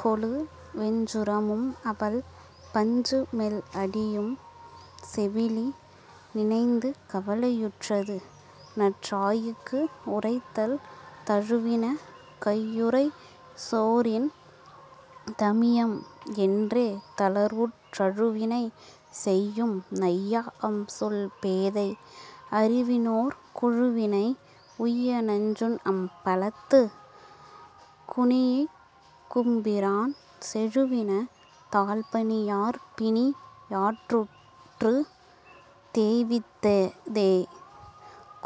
கொளு வெஞ்சுரமும் அவள் பஞ்சுமெல் அடியும் செவிலி நினைந்து கவலை யுற்றது.. நற்றாய்க்கு உரைத்தல் தழுவின கையிறை சோரின் தமியம்என் றேதளர்வுற் அழுவினை செய்யும்நை யாஅம்சொல் பேதை அறிவுவிண்ணோர் குழுவினை உய்யநஞ் சுண்அம் பலத்துக் குனிக்கும்பிரான் செழுவின தாள்பணி யார்பிணி யாலுற்றுத் தேய்வித்ததே...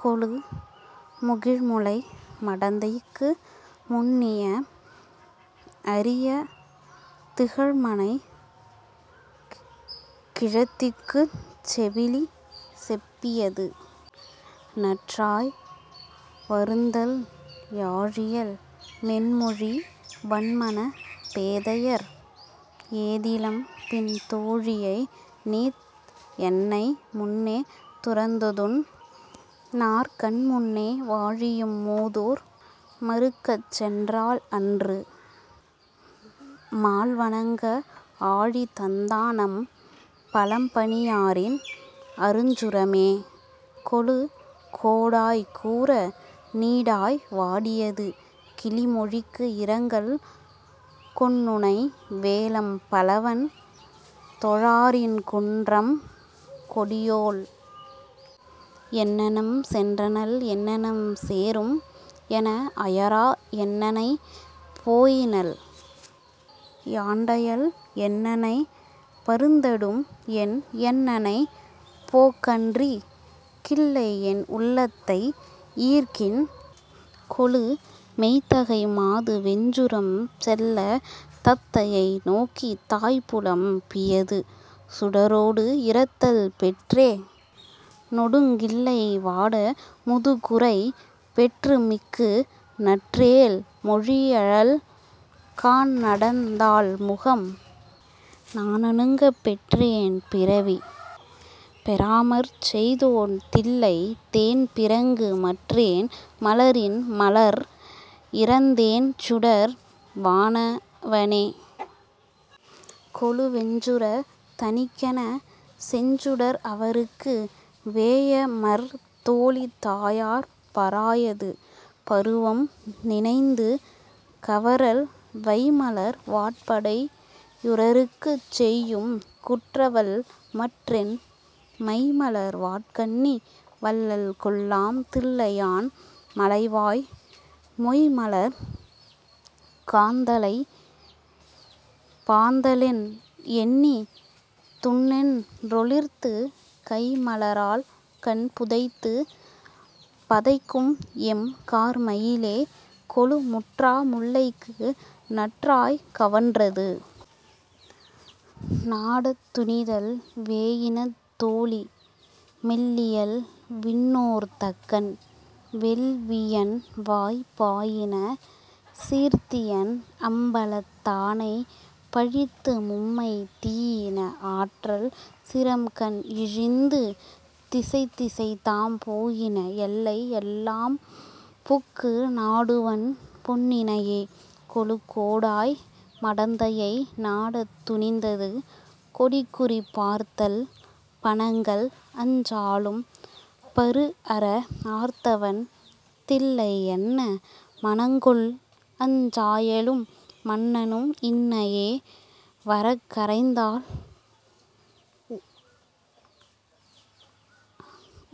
கொளு முகிழ்முலை மடந்தைக்கு முன்னிய அறியத் திகழ்மனைக் கிழத்திக்குச் செவிலி செப்பியது.. நற்றாய் வருந்தல் யாழியல் மென்மொழி வன்மனப் பேதையர் ஏதிலம்பின் தோழியை நீத்என்னை முன்னே துறந்துதுன் னார்கண்முன்னே வாழிஇம் மூதூர் மறுகச்சென் றாள்அன்று மால்வணங்க ஆழிதந் தான்அம் பலம்பணி யாரின் அருஞ்சுரமே... கொளு கோடாய் கூற நீடாய் வாடியது.. கிளி மொழிக்கு இரங்கல் கொன்னுனை வேல்அம் பலவன் தொழாரின்குன் றம்கொடியோள்। என்னணம் சென்றனள் என்னணம் சேரும் எனஅயரா என்னனை போயினள் யாண்டையள் என்னைப் பருந்தடும்என் என்னனை போக்கன்றிக் கிள்ளைஎன் உள்ளத்தை ஈர்க்கின்றதே... கொளு மெய்த்தகை மாது வெஞ்சுரம் செல்லத் தத்தையை நோக்கித் தாய்புலம் பியது.. சுடரோடு இரத்தல் பெற்றே னொடுங்கிள்ளை வாட முதுக்குறை பெற்றிமிக்கு நற்றேள் மொழியழல் கான்நடந் தாள்முகம் நானணுகப் பெற்றேன் பிறவி பெறாமற்செய் தோன்தில்லைத் தேன்பிறங்கு மற்றேன் மலரின் மலர்த்இரந் தேன்சுடர் வானவனே... கொளு வெஞ்சுரத் தணிக்கெனச் செஞ்சுடர் அவற்கு வேயமர் தோளி தாயர் பராயது.. பருவம் நினைந்து கவறல் வைம்மலர் வாட்படை யூரற்குச் செய்யும்குற் றேவல்மற்றென் மைம்மலர் வாட்கண்ணி வல்லள்கொல் லாம்தில்லை யான்மலைவாய் மொய்ம்மலர்க் காந்தளைப் பாந்தளென் எண்ணித்துண் ணென்றொளித்துக் கைம்மல ரால்கண் புதைத்துப் பதைக்கும்எம் கார்மயிலே... கொளு முற்றா முலைக்கு நற்றாய் கவன்றது.. நாடத் துணிதல் வேயின தோளி மெலியல்விண் ணோர்தக்கன் வேள்வியின்வாய்ப் பாயின சீர்த்தியன் அம்பலத் தானைப் பழித்துமும்மைத் தீயின ஆற்றல் சிரம்கண்இழிந்து திசைதிசைதாம் போயின எல்லையெல் லாம்புக்கு நாடுவன் பொன்னினையே... கொளு கோடாய் மடந்தையை நாடத் துணிந்தது.. கொடிக்குறி பார்த்தல் பணங்கள்அஞ் சாலும் பருஅர ஆர்த்தவன் தில்லையன்ன மணங்கொள்அஞ் சாயலும் மன்னனும் இன்னஏ வரக்கரைந்தால்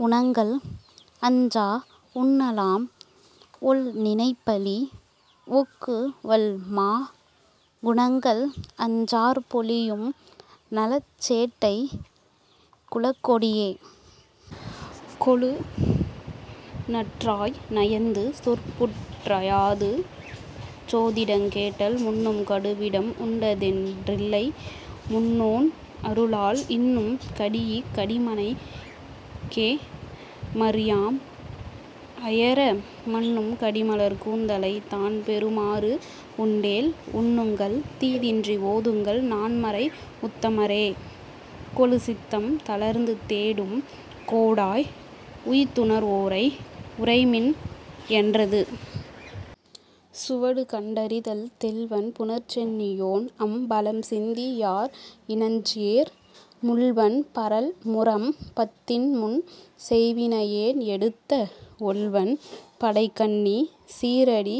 உணங்கல்அஞ் சாஉண்ண லாம்ஒள் நிணப்பலி ஒக்குவல்மாக் குணங்கள்அஞ் சாற்பொலி யும்நல சேட்டைக் குலக்கொடியே... கொளு நற்றாய் நயந்து சொற்புட் பராயது.. சோதிடங் கேட்டல் முன்னும் கடுவிடம் உண்டதென் தில்லைமுன் னோன்அருளால் இன்னும் கடியிக் கடிமனைக் கேமற் யாம்அயர மன்னும் கடிமலர்க் கூந்தலைத் தான்பெறு மாறும்உண்டேல் உன்னுங்கள் தீதின்றி ஓதுங்கள் நான்மறை உத்தமரே... கொளு சித்தம் தளர்ந்து தேடும் கோடாய் உய்த்துணர் வோரை உரைமின் என்றது.. சுவடு கண்டறிதல் தெள்வன் புனற்சென்னி யோன்அம் பலம்சிந்தி யார்இனஞ்சேர் முள்வன் பரல்முரம் பத்தின்முன் செய்வினை யேன்எடுத்த ஒள்வன் படைக்கண்ணி சீறடி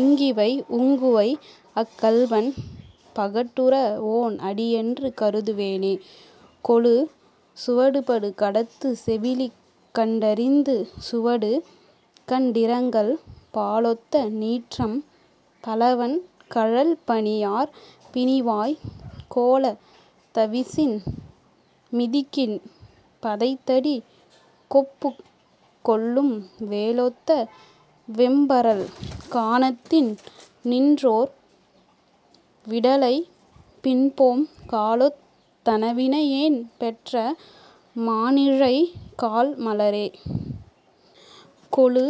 இங்கிவை உங்குவை அக் கள்வன் பகட்டுர வோன்அடி யென்று கருதுவனே... கொளு சுவடுபடு கடத்துச் செவிலி கண் டறிந்தது.. சுவடு கண்டிரங்கல் பாலொத்த நீற்றம் பலவன் கழல்பணி யார்பிணிவாய்க் கோலத் தவிசின் மிதிக்கின் பதைத்தடி கொப்புள்கொள்ளும் வேலொத்த வெம்பரல் கானத்தின் நின்றோர் விடலைபின்போம் காலொத் தனவினை யேன்பெற்ற மாணிழை கால்மலரே... கொளு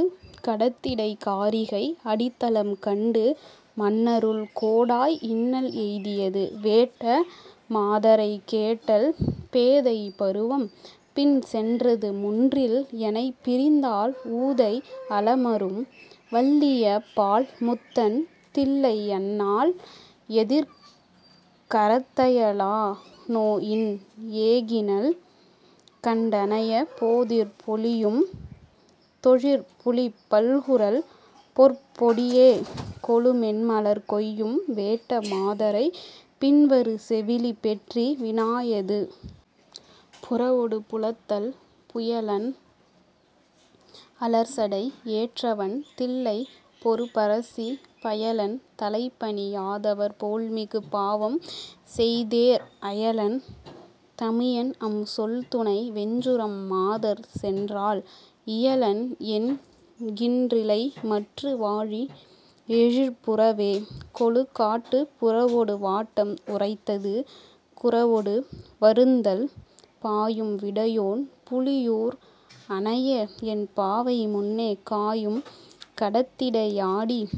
கடத்திடைக் காரிகை அடித்தலம் கண்டு மன்னருள் கோடாய் இன்னல் எய்தியது.. வேட்ட மாதரைக் கேட்டல் பேதைப் பருவம் பின்சென் றதுமுன்றில் எனைப்பிரிந்தால் ஊதைக் அலமரும் வல்லியப் பாள்முத்தன் தில்லையன்னாள் ஏதிற் கரத்தய லானொஇன் ஏகினள் கண்டனையே போதிற் பொலியும் தொழிற்புலிப் பல்குரல் பொற்றொடியே... கொளு மென்மலர் கொய்யும் வேட்ட மாதரைப் பின்வரு செவிலி பெற்றி வினாயது.. புறவொடு புலத்தல் புயலன் அலர்சடை ஏற்றவன் தில்லைப் பொருப்பரசி பயலன் தலைப்பணி யாதவர் போல்மிகு பாவம்செய்தேற் அயலன் தமியன்அம் சொல்துணை வெஞ்சுரம் மாதர்சென்றால் இயலன் எனக்கிற் றிலைமற்று வாழி எழிற்புறவே... கொளு காட்டுப் புறவொடு வாட்டம் உரைத்தது.. குரவொடு வருந்தல் பாயும் விடையோன் புலியூர் அனையஎன் பாவைமுன்னே காயும் கடத்திடை யாடிக்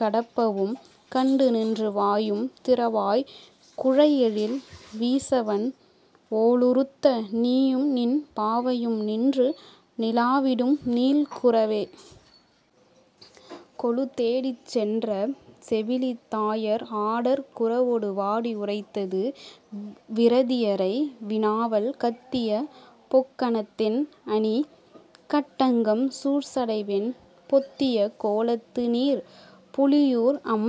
கடப்பவும் கண்டுநின்று வாயும் திறவாய் குழைஎழில் வீசவண் ஓலுறுத்த நீயும்நின் பாவையும் நின்று நிலாவிடும் நீள்குரவே... கொளு தேடிச் சென்ற செவிலித் தாயர் ஆடற் குரவொடு வாடி உரைத்தது.. விரதியரை வினாவல் கத்திய பொக்கணத் என்அணி கட்டங்கம் சூழ்சடைவெண் பொத்திய கோலத்தி னீர்புலி யூர்அம்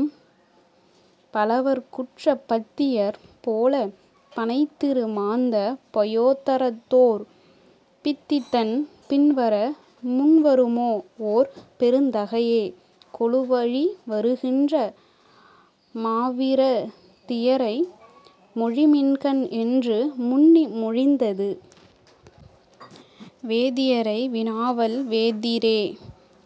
பலவர்க்குற்ற பத்தியர் போலப் பணைத்திறு மாந்த பயோதரத்தோர் பித்திதன் பின்வர முன்வரு மோஓர் பெருந்தகையே... கொளு வழிவரு கின்ற மாவிர தியரை மொழிமின்கள் என்று முன்னி மொழிந்தது.. வேதியரை வினாவல் வெதிரேய்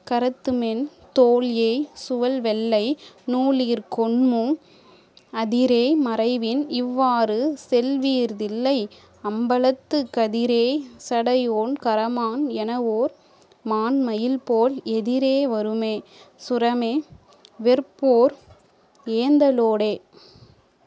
கரத்துமென் தோல்ஏய் சுவல்வெள்ளை நூலிற்கொண்மூ அதிரேய் மறையின்இவ் வாறுசெல் வீர்தில்லை அம்பலத்துக் கதிரேய் சடையோன் கரமான் எனஒரு மான்மயில்போல் எதிரே வருமே சுரமே வெறுப்பவொர் ஏந்தலோடே.